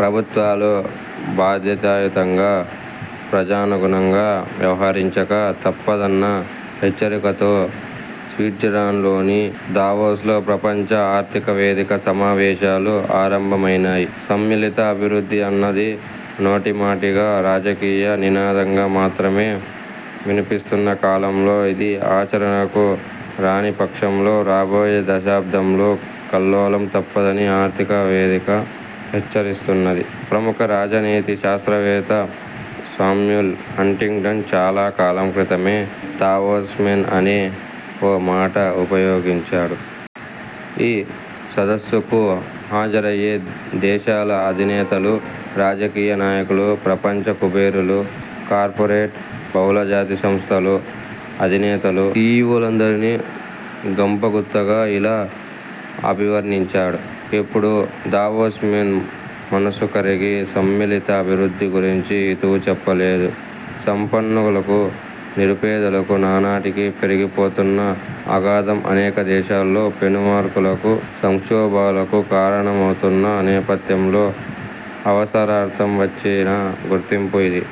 ప్రభుత్వాలు బాధ్యతాయుతంగా, ప్రజానుగుణంగా వ్యవహరించక తప్పదన్న హెచ్చరికతో స్విట్జర్లాండ్లోని దావోస్లో ప్రపంచ ఆర్థికవేదిక సమావేశాలు ఆరంభమైనాయి. 'సమ్మిళిత అభివృద్ధి' అన్నది నోటిమాటగా, రాజకీయ నినాదంగా మాత్రమే వినిపిస్తున్న కాలంలో, ఇది ఆచరణకు రానిపక్షంలో రాబోయే దశాబ్దంలో కల్లోలం తప్పదని ఆర్థికవేదిక హెచ్చరిస్తున్నది. ప్రముఖ రాజనీతి శాస్త్రవేత్త సామ్యూల్ హంటింగ్టన్ చాలాకాలం క్రితమే 'దావోస్ మేన్' అనే ఓ మాట ఉపయోగించాడు. ఈ సదస్సుకు హాజరయ్యే దేశాల అధినేతలు, రాజకీయ నాయకులు, ప్రపంచ కుబేరులు, కార్పొరేట్, బహుళజాతి సంస్థల అధినేతలూ, సీఈవోలందరినీ గంపగుత్తగా ఇలా అభివర్ణించాడు. ఇప్పుడు 'దావోస్ మేన్' మనసు కరిగి సమ్మిళిత అభివృద్ధి గురించి హితవు చెప్పలేదు. సంపన్నులకూ, నిరుపేదలకూ నానాటికీ పెరిగిపోతున్న అగాధం అనేక దేశాల్లో పెను మార్పులకు, సంక్షోభాలకు కారణమవుతున్న నేపథ్యంలో అవసరార్థం వచ్చిన గుర్తింపు ఇది.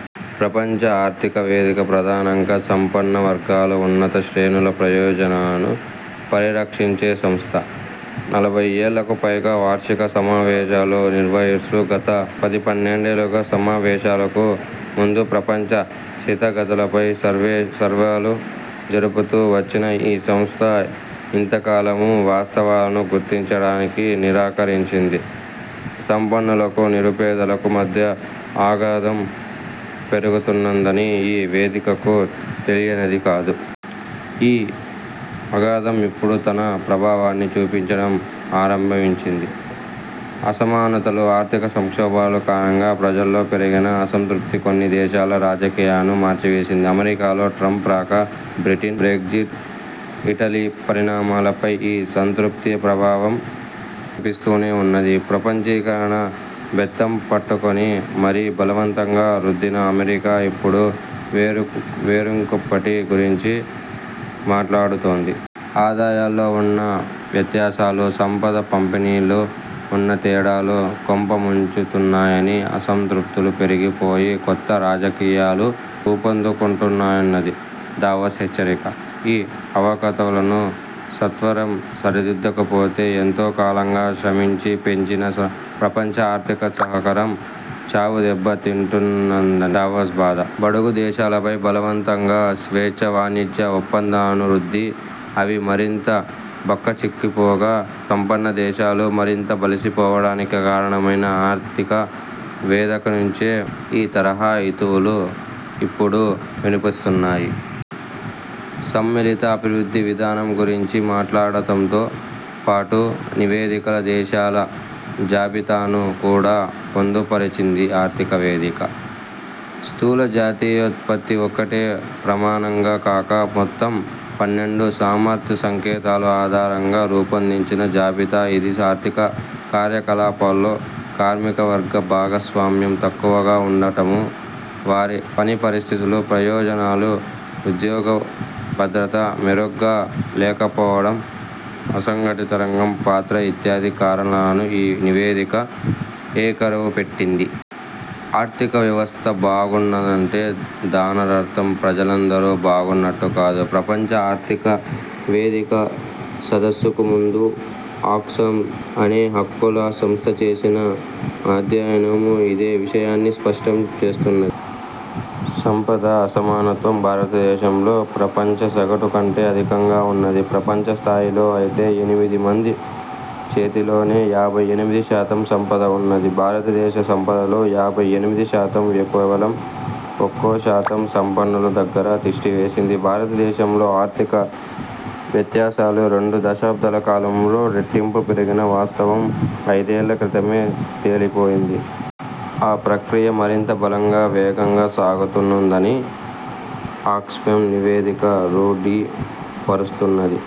ప్రపంచ ఆర్థిక వేదిక ప్రధానంగా సంపన్నవర్గాల, ఉన్నత శ్రేణుల ప్రయోజనాలను పరిరక్షించే సంస్థ. నలభైయ్యేళ్ళకు పైగా వార్షిక సమావేశాలు నిర్వహిస్తూ, గత పదిపన్నెండేళ్ళుగా సమావేశాలకు ముందు ప్రపంచ స్థితిగతులపై సర్వేలు జరుపుతూ వచ్చిన ఈ సంస్థ ఇంతకాలమూ వాస్తవాలను గుర్తించడానికి నిరాకరించింది. సంపన్నులకూ, నిరుపేదలకూ మధ్య ఆగాధం పెరుగుతున్నదని ఈ వేదికకు తెలియనిది కాదు. ఈ అగాధం ఇప్పుడు తన ప్రభావాన్ని చూపించడం ఆరంభించింది. అసమానతలు, ఆర్థిక సంక్షోభాల కారణంగా ప్రజల్లో పెరిగిన అసంతృప్తి కొన్ని దేశాల రాజకీయాలను మార్చివేసింది. అమెరికాలో ట్రంప్ రాక, బ్రిటన్ బ్రెగ్జిట్, ఇటలీ పరిణామాలపై ఈ అసంతృప్తి ప్రభావం కనిపిస్తూనే ఉన్నది. ప్రపంచీకరణను బెత్తంపట్టుకొని మరీ బలవంతంగా రుద్దిన అమెరికా ఇప్పుడు వేరుకుంపటి గురించి మాట్లాడుతోంది. ఆదాయాల్లో ఉన్న వ్యత్యాసాలు, సంపద పంపిణీలో ఉన్న తేడాలు కొంప ముంచుతున్నాయనీ, అసంతృప్తులు పెరిగిపోయి కొత్త రాజకీయాలు ఊపందుకుంటున్నాయన్నది దావోస్ హెచ్చరిక. ఈ అవకతవకలను సత్వరం సరిదిద్దకపోతే ఎంతోకాలంగా శ్రమించి పెంచిన ప్రపంచ ఆర్థిక సహకారం చావుదెబ్బ తింటుందన్నది దావోస్ బాధ. బడుగుదేశాలపై బలవంతంగా స్వేచ్ఛావాణిజ్య ఒప్పందాలను రుద్ది, అవి మరింత బక్కచిక్కిపోగా సంపన్నదేశాలు మరింత బలిసిపోవడానికి కారణమైన ఆర్థిక వేదికనుంచే ఈ తరహా హితవులు ఇప్పుడు వినిపిస్తున్నాయి. 'సమ్మిళిత అభివృద్ధి' విధానం గురించి మాట్లాడటంతో పాటు నివేదికలో దేశాల జాబితాను కూడా పొందుపరచింది ఆర్థిక వేదిక. స్థూలజాతీయోత్పత్తి ఒక్కటే ప్రమాణంగా కాక, మొత్తం పన్నెండు సామర్థ్యసంకేతాల ఆధారంగా రూపొందించిన జాబితా ఇది ఆర్థిక కార్యకలాపాల్లో కార్మికవర్గ భాగస్వామ్యం తక్కువగా ఉండటమూ, వారి పనిపరిస్థితులు, ప్రయోజనాలు, ఉద్యోగభద్రత మెరుగ్గా లేకపోవడం, అసంఘటితరంగం పాత్ర ఇత్యాది కారణాలను ఈ నివేదిక ఏకరువుపెట్టింది. ఆర్థికవ్యవస్థ బాగున్నదంటే దానర్థం ప్రజలందరూ బాగున్నట్టు కాదు. ప్రపంచ ఆర్థిక వేదిక సదస్సుకు ముందు ఆక్స్ఫామ్ అనే హక్కుల సంస్థ చేసిన అధ్యయనమూ ఇదే విషయాన్ని స్పష్టం చేస్తున్నది. సంపద అసమానత్వం భారతదేశంలో ప్రపంచసగటు కంటే అధికంగా ఉన్నది. ప్రపంచస్థాయిలో అయితే ఎనిమిదిమంది చేతిలోనే యాభై ఎనిమిది శాతం సంపద ఉన్నది భారతదేశ సంపదలో యాభై ఎనిమిది శాతం కేవలం ఒక్క శాతం సంపన్నుల దగ్గర తిష్టవేసింది భారతదేశంలో ఆర్థిక వ్యత్యాసాలు రెండు దశాబ్దాల కాలంలో రెట్టింపు పెరిగిన వాస్తవం ఐదేళ్ళక్రితమే తేలిపోయింది. ఆ ప్రక్రియ మరింత బలంగా వేగంగా సాగుతున్నదని ఆక్స్ఫామ్ నివేదిక రూఢీ పరుస్తున్నది.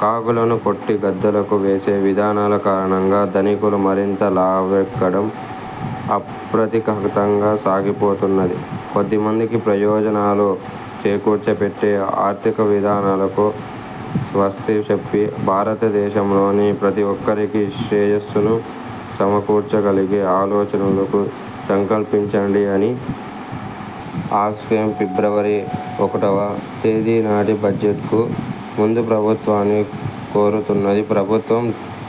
కాకులను కొట్టి గద్దలకు వేసే విధానాల కారణంగా ధనికులు మరింత లావెక్కడం అప్రతిహతంగా సాగిపోతున్నది. కొద్దిమందికి ప్రయోజనాలు చేకూర్చిపెట్టే ఆర్థికవిధానాలకు స్వస్తిచెప్పి భారతదేశంలోని ప్రతి ఒక్కరికీ శ్రేయస్సును సమకూర్చగలిగే ఆలోచనలకు సంకల్పించండి అని ఆక్స్ఫామ్ ఫిబ్రవరి ఒకటివ తేదీనాటి బడ్జెట్కు ముందు ప్రభుత్వాన్ని కోరుతున్నది ప్రభుత్వం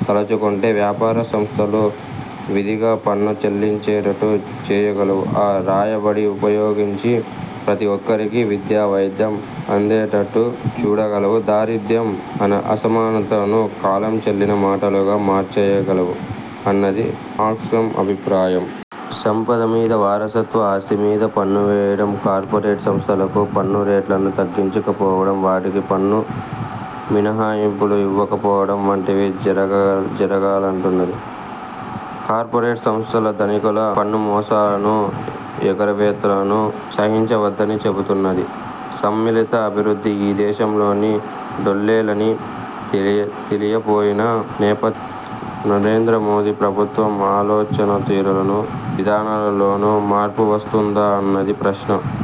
తలచుకుంటే వ్యాపార సంస్థలు విధిగా పన్ను చెల్లించేట్టు చేయగలవు, ఆ రాబడిని ఉపయోగించి ప్రతి ఒక్కరికీ విద్య, వైద్యం అందేట్టు చూడగలవు, దారిద్ర్యం, అసమానతలను కాలంచెల్లిన మాటలుగా మార్చేయగలవు అన్నది ఆక్స్ఫామ్ అభిప్రాయం. సంపదమీద, వారసత్వ ఆస్తిమీద పన్ను వేయడం, కార్పొరేట్ సంస్థలకు పన్ను రేట్లను తగ్గించకపోవడం, వాటికి పన్ను మినహాయింపులు ఇవ్వకపోవడం వంటివి జరగాల జరగాలంటున్నది. కార్పొరేట్ సంస్థల, ధనికుల పన్నుమోసాలనూ ఎగవేతలనూ సహించవద్దని చెబుతున్నది. సమ్మిళిత అభివృద్ధి ఈ దేశంలో డొల్లేనని తేలిపోయిన నేపథ్యంలో నరేంద్రమోదీ ప్రభుత్వం ఆలోచనాతీరులోనూ, విధానాల్లోనూ మార్పువస్తుందా అన్నది ప్రశ్న.